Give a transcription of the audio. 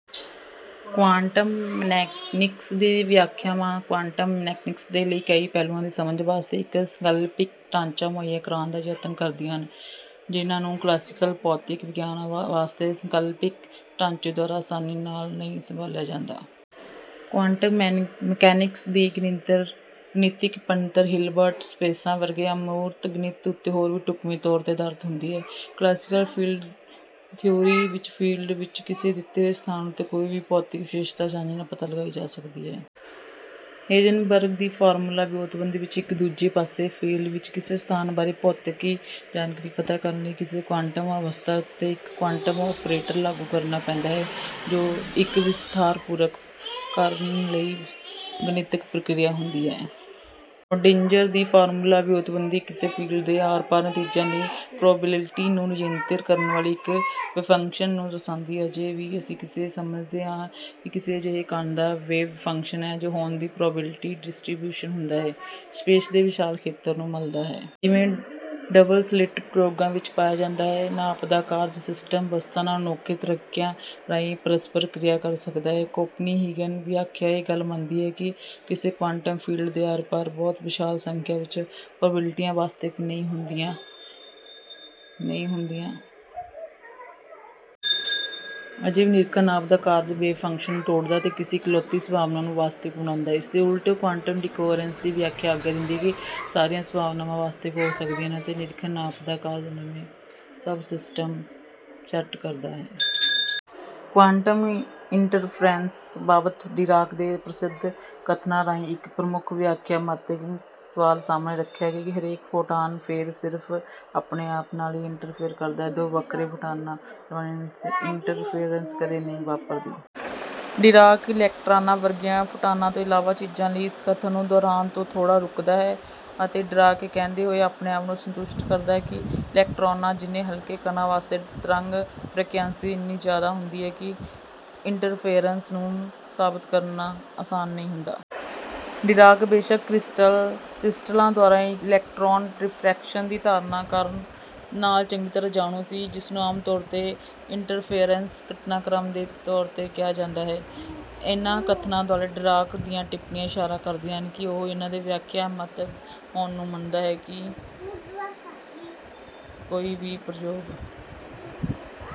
Quantum mechanics ਦੀਆਂ ਵਿਆਖਿਆਵਾਂ quantum mechanics ਦੇ ਕਈ ਪਹਿਲੂਆਂ ਦੀ ਸਮਝ ਵਾਸਤੇ ਇੱਕ ਸੰਕਲਪਿਕ ਢਾਂਚਾ ਮੁਹੱਈਆ ਕਰਵਾਉਣ ਦਾ ਯਤਨ ਕਰਦੀਆਂ ਹਨ ਜਿਹਨਾਂ ਨੂੰ ਕਲਾਸੀਕਲ ਭੌਤਿਕ ਵਿਗਿਆਨ ਵਾਸਤੇ ਸੰਕਲਪਿਕ ਢਾਂਚੇ ਦੁਆਰਾ ਅਸਾਨੀ ਨਾਲ ਨਹੀਂ ਸੰਭਾਲਿਆ ਜਾਂਦਾ। ਕੁਆਂਟਮ ਮਕੈਨਿਕਸ ਦੀ ਗਣਿਤਿਕ ਬਣਤਰ ਹਿਲਬਰਟ ਸਪੇਸਾਂ ਵਰਗੇ ਅਮੂਰਤ ਗਣਿਤ ਉੱਤੇ ਹੋਰ ਵੀ ਢੁਕਵੇਂ ਤੌਰ ਤੇ ਅਧਾਰਿਤ ਹੁੰਦੀ ਹੈ। ਕਲਾਸੀਕਲ ਫੀਲਡ ਥਿਊਰੀ ਵਿੱਚ, ਫੀਲਡ ਵਿੱਚ ਕਿਸੇ ਦਿੱਤੇ ਹੋਏ ਸਥਾਨ ਉੱਤੇ ਕੋਈ ਭੌਤਿਕੀ ਵਿਸ਼ੇਸ਼ਤਾ ਅਸਾਨੀ ਨਾਲ ਪਤਾ ਲਗਾਈ ਜਾ ਸਕਦੀ ਹੈ। ਹੇਜ਼ਨਬਰਗ ਦੀ ਫਾਰਮੂਲਾ ਵਿਓਂਤਬੰਦੀ ਵਿੱਚ, ਦੂਜੇ ਪਾਸੇ, ਫੀਲਡ ਵਿੱਚ ਕਿਸੇ ਸਥਾਨ ਬਾਰੇ ਭੌਤਿਕੀ ਜਾਣਕਾਰੀ ਪਤਾ ਕਰਨ ਲਈ, ਕਿਸੇ ਕੁਆਂਟਮ ਅਵਸਥਾ ਉੱਤੇ ਇੱਕ ਕੁਆਂਟਮ ਓਪਰੇਟਰ ਲਾਗੂ ਕਰਨਾ ਪੈਂਦਾ ਹੈ, ਜੋ ਇੱਕ ਵਿਸਥਾਰਪੂਰਵਕ ਕਰਨ ਵਾਲੀ ਗਣਿਤਿਕ ਪ੍ਰਕ੍ਰਿਆ ਹੁੰਦੀ ਹੈ। ਸ਼੍ਰੋਡਿੰਜਰ ਦੀ ਫਾਰਮੂਲਾ ਵਿਓਂਤਬੰਦੀ ਕਿਸੇ ਫੀਲਡ ਦੇ ਆਰ-ਪਾਰ ਨਤੀਜਿਆਂ ਦੀ ਪ੍ਰੋਬੇਬਿਲਟੀ ਨੂੰ ਨਿਯੰਤ੍ਰਿਤ ਕਰਨ ਵਾਲੀ ਇੱਕ ਵੇਵਫੰਕਸ਼ਨ ਨੂੰ ਦਰਸਾਉਂਦੀ ਹੈ। ਅਜੇ ਵੀ ਅਸੀਂ ਕਿਵੇਂ ਸਮਝਦੇ ਹਾਂ ਕਿ ਕਿਸੇ ਅਜਿਹੇ ਕਣ ਦਾ ਵੇਵ ਫੰਕਸ਼ਨ ਜੋ ਹੋਂਦ ਦੀ ਪ੍ਰੋਬੇਬਿਲਟੀ ਡਿਸਟ੍ਰੀਬਿਊਸ਼ਨ ਹੁੰਦਾ ਹੈ, ਸਪੇਸ ਦੇ ਵਿਸ਼ਾਲ ਖੇਤਰ ਨੂੰ ਮੱਲਦਾ ਹੈ? ਜਿਵੇਂ ਡਬਲ-ਸਲਿੱਟ ਪ੍ਰਯੋਗਾਂ ਵਿੱਚ ਪਾਇਆ ਜਾਂਦਾ ਹੈ, ਨਾਪ ਦਾ ਕਾਰਜ ਸਿਸਟਮ ਅਵਸਥਾ ਨਾਲ ਅਨੋਖੇ ਤਰੀਕਿਆਂ ਰਾਹੀਂ ਪਰਸਪਰ ਕ੍ਰਿਆ ਕਰ ਸਕਦਾ ਹੈ ਕੌਪਨਹੀਗਨ ਵਿਆਖਿਆ ਇਹ ਗੱਲ ਮੰਨਦੀ ਹੈ ਕਿ ਕਿਸੇ ਕੁਆਂਟਮ ਫੀਲਡ ਦੇ ਆਰ-ਪਾਰ ਬਹੁਤ ਵਿਸ਼ਾਲ ਸੰਖਿਆ ਵਿੱਚ ਪ੍ਰੋਬੇਬਿਲਟੀਆਂ ਵਾਸਤਵਿਕ ਨਹੀਂ ਹੁੰਦੀਆਂ। ਅਜੇ ਵੀ ਨਿਰੀਖਣ ਨਾਪ ਦਾ ਕਾਰਜ ਵੇਵ ਫੰਕਸ਼ਨ ਨੂੰ ਤੋੜਦਾ ਹੈ ਅਤੇ ਕਿਸੇ ਇਕਲੌਤੀ ਸੰਭਾਵਨਾ ਨੂੰ ਵਾਸਤਵਿਕ ਬਣਾਉਂਦਾ ਹੈ। ਇਸਦੇ ਉਲਟ ਕੁਆਂਟਮ ਡਿਕੋਹਰੈਂਸ ਦੀ ਵਿਆਖਿਆ ਆਗਿਆ ਦਿੰਦੀ ਹੈ ਕਿ ਸਾਰੀਆਂ ਸੰਭਾਵਨਾਵਾਂ ਵਾਸਤਵਿਕ ਹੋ ਸਕਦੀਆਂ ਹਨ, ਅਤੇ ਨਿਰੀਖਣ ਨਾਪ ਦਾ ਕਾਰਜ ਨਵੇਂ ਸਬ-ਸਿਸਟਮ ਸੈੱਟ ਕਰਦਾ ਹੈ। ਕੁਆਂਟਮ ਇੰਟਰਫੇਰੈਂਸ ਬਾਬਤ ਡੀਰਾਕ ਦੇ ਪ੍ਰਸਿੱਧ ਕਥਨਾਂ ਰਾਹੀਂ ਇੱਕ ਪ੍ਰਮੁੱਖ ਵਿਆਖਿਆਤਮਿਕ ਸਵਾਲ ਸਾਹਮਣੇ ਰੱਖਿਆ ਗਿਆ ਹੈ: "ਹਰੇਕ ਫੋਟਾਨ ਫੇਰ ਸਿਰਫ ਆਪਣੇ ਆਪ ਨਾਲ ਹੀ ਇੰਟਰਫੇਅਰ ਕਰਦਾ ਹੈ। ਦੋ ਵੱਖਰੇ ਫੋਟਾਨਾਂ ਦਰਮਿਆਨ ਇੰਟਰਫੇਅਰੈਂਸ ਕਦੇ ਨਹੀਂ ਵਾਪਰਦੀ।" ਡੀਰਾਕ ਇਲੈਕਟ੍ਰਾਨਾਂ ਵਰਗੀਆਂ ਫੋਟਾਨਾਂ ਤੋਂ ਇਲਾਵਾ ਚੀਜ਼ਾਂ ਲਈ ਇਸ ਕਥਨ ਨੂੰ ਦੁਹਰਾਉਣ ਤੋਂ ਥੋੜਾ ਰੁਕਦਾ ਹੈ ਅਤੇ ਡੀਰਾਕ ਇਹ ਕਹਿੰਦੇ ਹੋਏ ਆਪਣੇ ਆਪ ਨੂੰ ਸੰਤੁਸ਼ਟ ਕਰਦਾ ਹੈ ਕਿ, "ਇਲੈਕਟ੍ਰਾਨਾਂ ਜਿੰਨੇ ਹਲਕੇ ਕਣਾਂ ਵਾਸਤੇ ਤਰੰਗ ਫ੍ਰੀਕੁਐਂਸੀ ਇੰਨੀ ਜ਼ਿਆਦਾ ਹੁੰਦੀ ਹੈ ਕਿ ਇੰਟਰਫੇਅਰੈਂਸ ਨੂੰ ਸਾਬਤ ਕਰਨਾ ਆਸਾਨ ਨਹੀਂ ਹੁੰਦਾ।" ਡੀਰਾਕ ਬੇਸ਼ੱਕ ਕ੍ਰਿਸਟਲਾਂ ਦੁਆਰਾ ਇਲੈਕਟ੍ਰਾਨ ਡਿਫ੍ਰੈਕਸ਼ਨ ਦੀ ਧਾਰਨਾ ਨਾਲ ਚੰਗੀ ਤਰ੍ਹਾਂ ਜਾਣੂ ਸੀ, ਜਿਸਨੂੰ ਆਮਤੌਰ ਤੇ ਇੰਟਰਫੇਅਰੈਂਸ ਘਟਨਾਕ੍ਰਮ ਦੇ ਤੌਰ ਤੇ ਕਿਹਾ ਜਾਂਦਾ ਹੈ। ਇਹਨਾਂ ਕਥਨਾਂ ਦੁਆਲੇ ਡੀਰਾਕ ਦੀਆਂ ਟਿੱਪਣੀਆਂ ਇਸ਼ਾਰਾ ਕਰਦੀਆਂ ਹਨ ਕਿ ਉਹ ਇਹਨਾਂ ਦੇ ਵਿਆਖਿਆਤਮਿਕ ਹੋਣ ਨੂੰ ਮੰਨਦਾ ਹੈ। ਕੋਈ ਵੀ ਪ੍ਰਯੋਗ